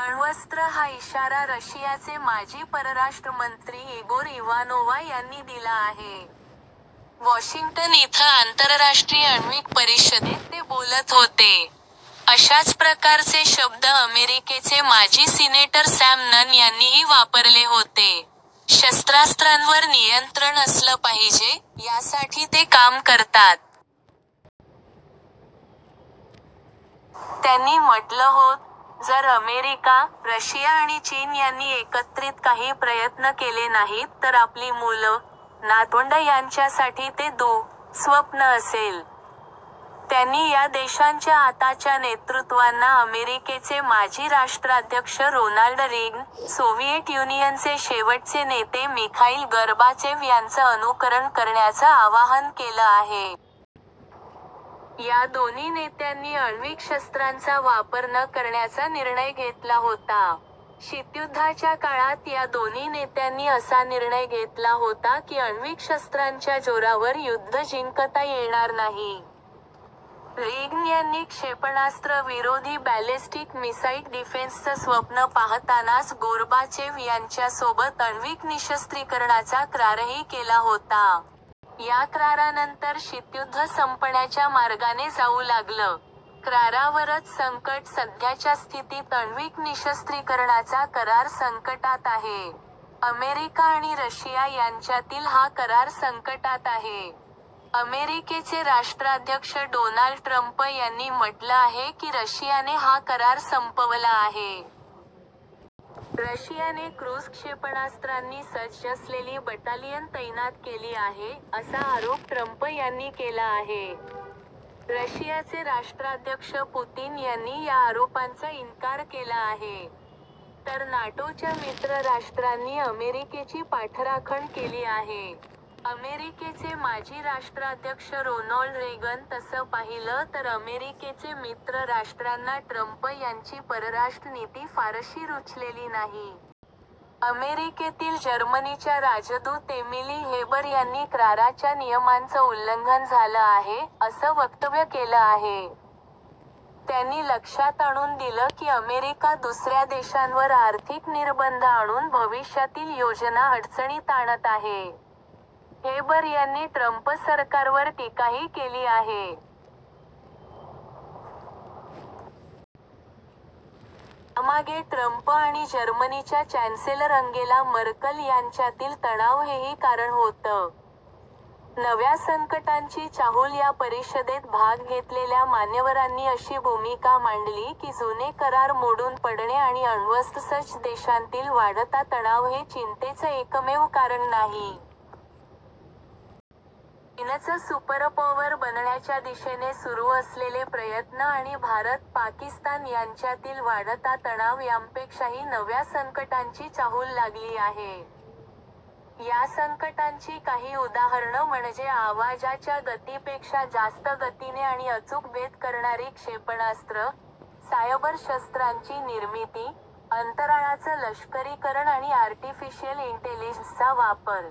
अण्वस्त्रं हा इशारा रशियाचे माजी परराष्ट्र मंत्री इगोर इवानोवा यांनी दिला आहे. वॉशिंग्टन इथं आंतरराष्ट्रीय अण्विक परिषदेत ते बोलत होते. अशाच प्रकारचे शब्द अमेरिकेचे माजी सिनेटर सॅम नन यांनीही वापरले होते. शस्त्रास्त्रांवर नियंत्रण असलं पाहिजे, यासाठी ते काम करतात. त्यांनी म्हटलं होत, जर अमेरिका, रशिया आणि चीन यांनी एकत्रित काही प्रयत्न केले नाहीत तर आपली मुलं, नातवंडं यांच्यासाठी ते दु:स्वप्न असेल. त्यांनी या देशांच्या आताच्या नेतृत्वांना अमेरिकेचे माजी राष्ट्राध्यक्ष रोनाल्ड रीगन, सोव्हिएट युनियनचे शेवटचे नेते मिखाईल गर्बाचेव्ह यांचं अनुकरण करण्याचं आवाहन केलं आहे. या दोन्ही नेत्यांनी अण्विक शस्त्रांचा वापर न करण्याचा निर्णय घेतला होता. शीतयुद्धाच्या काळात या दोन्ही नेत्यांनी असा निर्णय घेतला होता की अण्विक शस्त्रांच्या जोरावर युद्ध जिंकता येणार नाही. रीगन यांनी क्षेपणास्त्र विरोधी बॅलेस्टिक मिसाईट डिफेन्सचं स्वप्न पाहतानाच गोर्बाचेव्ह यांच्यासोबत अण्विक निशस्त्रीकरणाचा करारही केला होता. या करारानंतर शीतयुद्ध संपण्याच्या मार्गाने जाऊ लागलं. करारावरच संकट सध्याच्या स्थितीत अण्विक निशस्त्रीकरणाचा करार संकटात आहे. अमेरिका आणि रशिया यांच्यातील हा करार संकटात आहे. अमेरिकेचे राष्ट्राध्यक्ष डोनाल्ड ट्रंप यांनी म्हटलं आहे की रशियाने हा करार संपवला आहे. रशियाने क्रुझ क्षेपणास्त्रांनी सज्ज असलेली बटालियन तैनात केली आहे, असा आरोप ट्रंप यांनी केला आहे. रशियाचे राष्ट्राध्यक्ष पुतिन यांनी या आरोपांचा इन्कार केला आहे. तर नाटोच्या मित्र राष्ट्रांनी अमेरिकेची पाठराखण केली आहे. अमेरिकेचे माजी राष्ट्राध्यक्ष रोनॉल्ड रेगन तसं पाहिलं तर अमेरिकेचे मित्र राष्ट्रांना ट्रंप यांची परराष्ट्र नीती फारशी रुचलेली नाही. अमेरिकेतील जर्मनीच्या राजदूत एमिली हेबर यांनी कराराच्या नियमांचं उल्लंघन झालं आहे, असं वक्तव्य केलं आहे. त्यांनी लक्षात आणून दिलं की अमेरिका दुसऱ्या देशांवर आर्थिक निर्बंध आणून भविष्यातील योजना अडचणीत आणत आहे. हेबर यांनी ट्रंप सरकारवर टीकाही केली आहे. यामागे ट्रंप आणि जर्मनीच्या चॅन्सेलर अंगेला मर्कल यांच्यातील तणाव हेही कारण होतं. नव्या संकटांची चाहुल या परिषदेत भाग घेतलेल्या मान्यवरांनी अशी भूमिका मांडली की जुने करार मोडून पडणे आणि अण्वस्त्रसज्ज देशांतील वाढता तणाव हे चिंतेचं एकमेव कारण नाही. चीनचं सुपरपॉवर बनण्याच्या दिशेने सुरू असलेले प्रयत्न आणि भारत-पाकिस्तान यांच्यातील वाढता तणाव यांपेक्षाही नव्या संकटांची चाहूल लागली आहे. या संकटांची काही उदाहरणं म्हणजे आवाजाच्या गतीपेक्षा जास्त गतीने आणि अचूक भेद करणारी क्षेपणास्त्र, सायबर शस्त्रांची निर्मिती, अंतराळाचं लष्करीकरण आणि आर्टिफिशिअल इंटेलिजन्सचा वापर